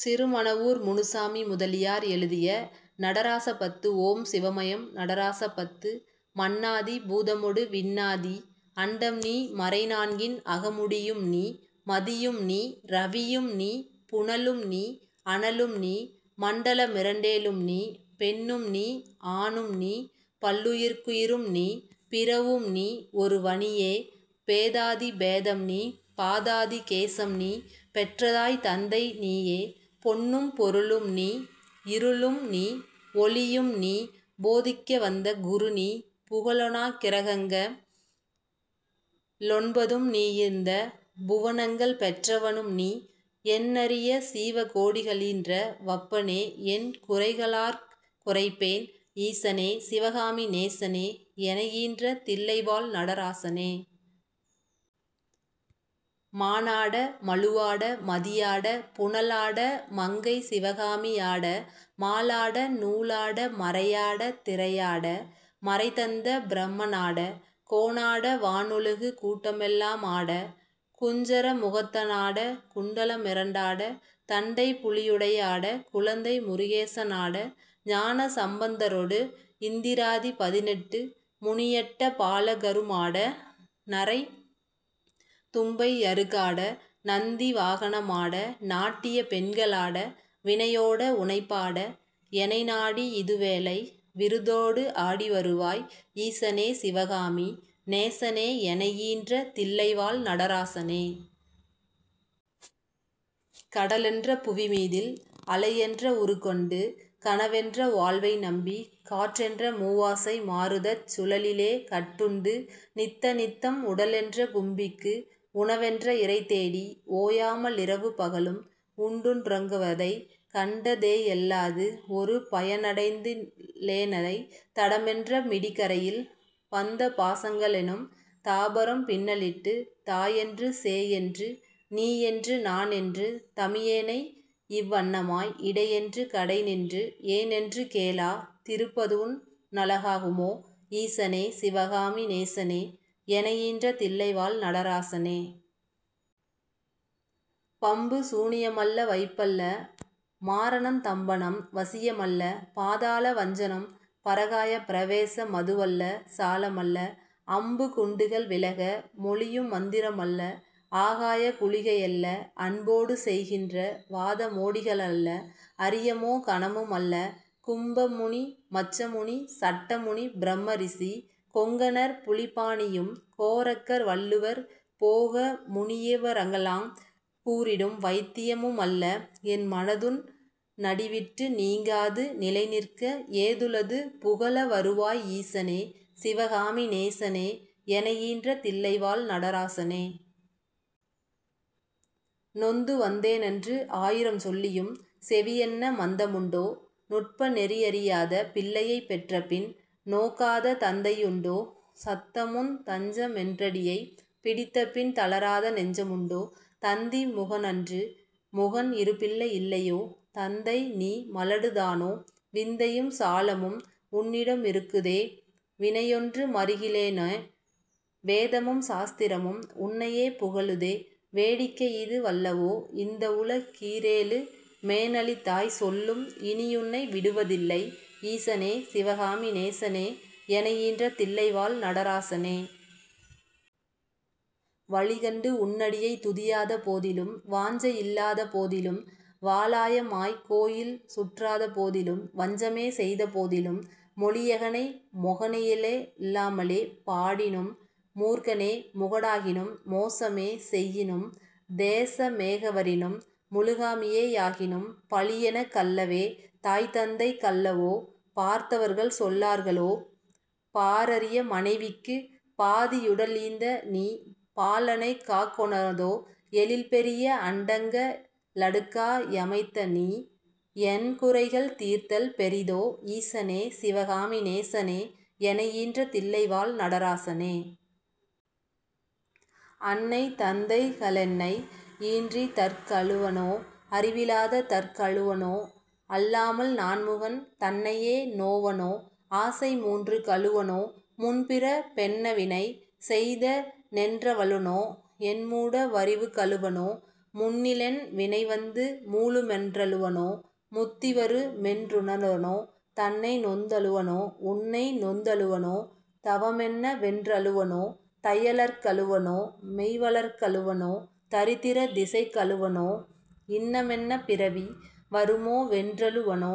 சிறுமணவூர் முனுசாமி முதலியார் எழுதிய நடராசபத்து ஓம் சிவமயம் நடராசபத்து மண்ணாதி பூதமொடு விண்ணாதி அண்டம்நீ மறைநான்கின் அடிமுடியும்நீ மதியும்நீ ரவியும்நீ புனலும்நீ அனலும்நீ மண்டலமிரண்டேழும்நீ, பெண்ணும்நீ ஆணும்நீ, பல்லுயிர்க்குயிரும்நீ, பிறவும்நீ ஒருவநீயே, பேதாதிபேதம்நீ பாதாதிகேசம்நீ பெற்றதாய் தந்தைநீயே, பொன்னும் பொருளும்நீ யிருளும்நீ ஒளியும்நீ போதிக்கவந்தகுருநீ, புகழொணாக் கிரகங்க ளொன்பதும்நீயிந்த புவனங்கள் பெற்றவனும்நீ எண்ணரிய சீவகோடிகளீன்ற வப்பனே என் குரைகளார்க் குரைப்பேன், ஈசனே சிவகாமி நேசனே யெனையீன்ற தில்லைவாழ் நடராசனே. மானாட மழுவாட மதியாட புனலாட மங்கை சிவகாமியாட, மாலாட நூலாட மறையாட திறையாட மறைதந்த பிரம்மனாட, கோனாட வானுலகு கூட்டமெல்லாமாட, குஞ்சர முகத்தனாட, குண்டலமிரண்டாட தண்டைபுலியுடையாட குழந்தை முருகேசனாட, ஞானசம்பந்தரொடு யிந்திராதி பதினெட்டு முனியட்ட பாலகருமாட, நரை தும்பை யறுகாட நந்திவாகனமாட நாட்டியப் பெண்களாட, வினையோட உனைப்பாட யெனைநாடியிதுவேளை விருதோடு ஆடிவருவாய் ஈசனே சிவகாமி நேசனே யெனையீன்ற தில்லைவாழ் நடராசனே. கடலென்ற புவிமீதில் அலையென்றவுரு கொண்டு கனவென்ற வாழ்வைநம்பிக், காற்றென்ற மூவாசை மாருதச் சுழலிலே கட்டுண்டு நித்த நித்தம், உடலென்ற கும்பிக்கு உணவென்ற இரைதேடி ஓயாமலிரவு பகலும், உண்டுண் டுறங்குவதைக் கண்டதேயல்லாது ஒருபயனடைந்திலேனைத், தடமென்ற மிடிகரையில் பந்தபாசங்களெனும் தாபரம் பின்னலிட்டுத், தாயென்று சேயென்று நீயென்று நானென்று தமியேனை யிவ்வண்ணமாய் இடையென்று கடைநின்று ஏனென்று கேளா திருப்பதுன் னழகாகுமோ, ஈசனே சிவகாமி நேசனே யெனையீன்ற தில்லைவாழ் நடராசனே. பம்புசூனியமல்ல வைப்பல்ல மாரணந் தம்பனம் வசியமல்ல, பாதாள வஞ்சனம் பரகாயப் பிரவேச மதுவல்ல சாலமல்ல, அம்பு குண்டுகள் விலக மொழியுமந்திரமல்ல ஆகாய குளிகையல்ல, அன்போடு செய்கின்ற வாதமோடிகளல்ல, அரியமோ கனமுமல்ல, கும்பமுனி மச்சமுனி சட்டமுனி பிரம்மரிசி, கொங்கணர் புலிப்பாணியும், கோரக்கர் வள்ளுவர் போகமுனியிவரெலாங் கூறிடும் வைத்தியமுமல்ல, என்மனதுன் னடிவிட்டு நீங்காது நிலைநிற்க ஏதுளது புகலவருவாய் ஈசனே சிவகாமி நேசனே யெனையீன்ற தில்லைவாழ் நடராசனே. நொந்துவந்தேனென்று ஆயிரஞ் சொல்லியும் செவியென்ன மந்தமுண்டோ, நுட்பநெறி யறியாத பிள்ளையைப் பெற்ற பின் நோக்காத தந்தையுண்டோ, சந்தமுந் தஞ்சமென்றடியைப் பிடித்தபின் தளராத நெஞ்சமுண்டோ, தந்திமுகனறு முகன் இருபிள்ளை யில்லையோ தந்தைநீ மலடுதானோ, விந்தையும் சாலமும் உன்னிடமிருக்குதே வினையொன்று மறிகிலேனே, வேதமும் சாஸ்திரமும் உன்னையே புகழுதே வேடிக்கையிது வல்லவோ, இந்தவுல கீரேழு மேனளித்தாய் சொல்லும் இனியுன்னை விடுவதில்லை, ஈசனே சிவகாமி நேசனே யெனையீன்ற தில்லைவாழ் நடராசனே. வழிகண்டு உன்னடியைத் துதியாத போதிலும் வாஞ்சை யில்லாத போதிலும், வாலாயமாய்க் கோயில் சுற்றாத போதிலும் வஞ்சமே செய்த போதிலும், மொழியெகனை மொகனையில் லாமலே பாடினும் மூர்க்கனே முகடாகினும், மோசமே செய்யினும் தேசமேகவரினும் முழுகாமியே யாகினும், பழியெனக் கல்லவே தாய்தந்தைக் கல்லவோ பார்த்தவர்கள் சொல்லார்களோ, பாரறிய மனைவிக்குப் பாதியுடலீந்த நீ பாலனைக் காக்கொணாதோ, எழில்பெரிய அண்டங்க ளடுக்கா யமைத்தநீ யென்குறைகள் தீர்த்தல் பெரிதோ, ஈசனே சிவகாமி நேசனே யெனையீன்ற தில்லைவாழ் நடராசனே. அன்னை தந்தைக ளென்னை யீன்றதற் கழுவனோ அறிவிலாத தற்கழுவனோ, அல்லாமல் நான்முகன் தன்னையே நோவனோ ஆசை மூன்றுக் கழுவனோ, முன்பிறப் பென்னவினை செய்த னென்றழுவனோ என்மூட வறிவுக் கழுவனோ, முன்னிலென் வினைவந்து மூளுமென்றழுவனோ முத்திவரு மென்றுணர்வனோ, தன்னைநொந் தழுவனோ உன்னை நொந்தழு வனோ தவமென்ன வென்றழுவனோ, தையலர்க் கழுவனோ மெய்வளர்க் கழுவனோ தரித்திர திசைக்கழுவனோ, இன்னமென்னப் பிறவி வருமோ வென்றழு வனோ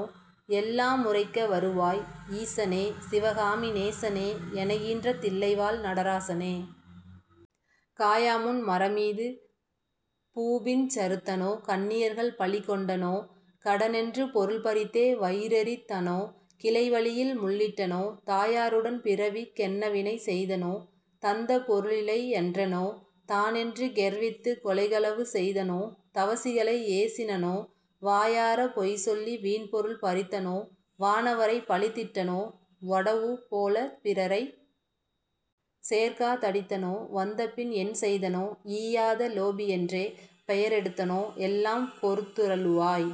யெல்லாமுரைக்க வருவாய், ஈசனே சிவகாமி நேசனே யெனையீன்ற தில்லைவாழ் நடராசனே. காயாமுன் மரமீது பூபிஞ் சறுத்தனோ கன்னியர்கள் பழிகொண்டனோ, கடனென்று பொருள் பறித்தே வயிறெறித் தனோ கிளைவழியில் முள்ளிட்டனோ, தாயாருடன் பிறவிக் கென்னவினை செய்தனோ, தந்தபொரு ளிலையென்றனோ, தானென்று கெர்வித்துக் கொலைகளவு செய்தனோ தவசிகளை யேசினனோ, வாயாரப் பொய்சொல்லி வீண்பொருள் பறித்தனோ, வானவரைப் பழித்திட்டனோ, வடவுபோலப் பிறரைச் சேர்க்கா தடித்தனோ வந்தபின் என் செய்தனோ, ஈயாத லோபியென்றே பெயரெடுத்தனோ எல்லாம் பொறுத்தருளுவாய்,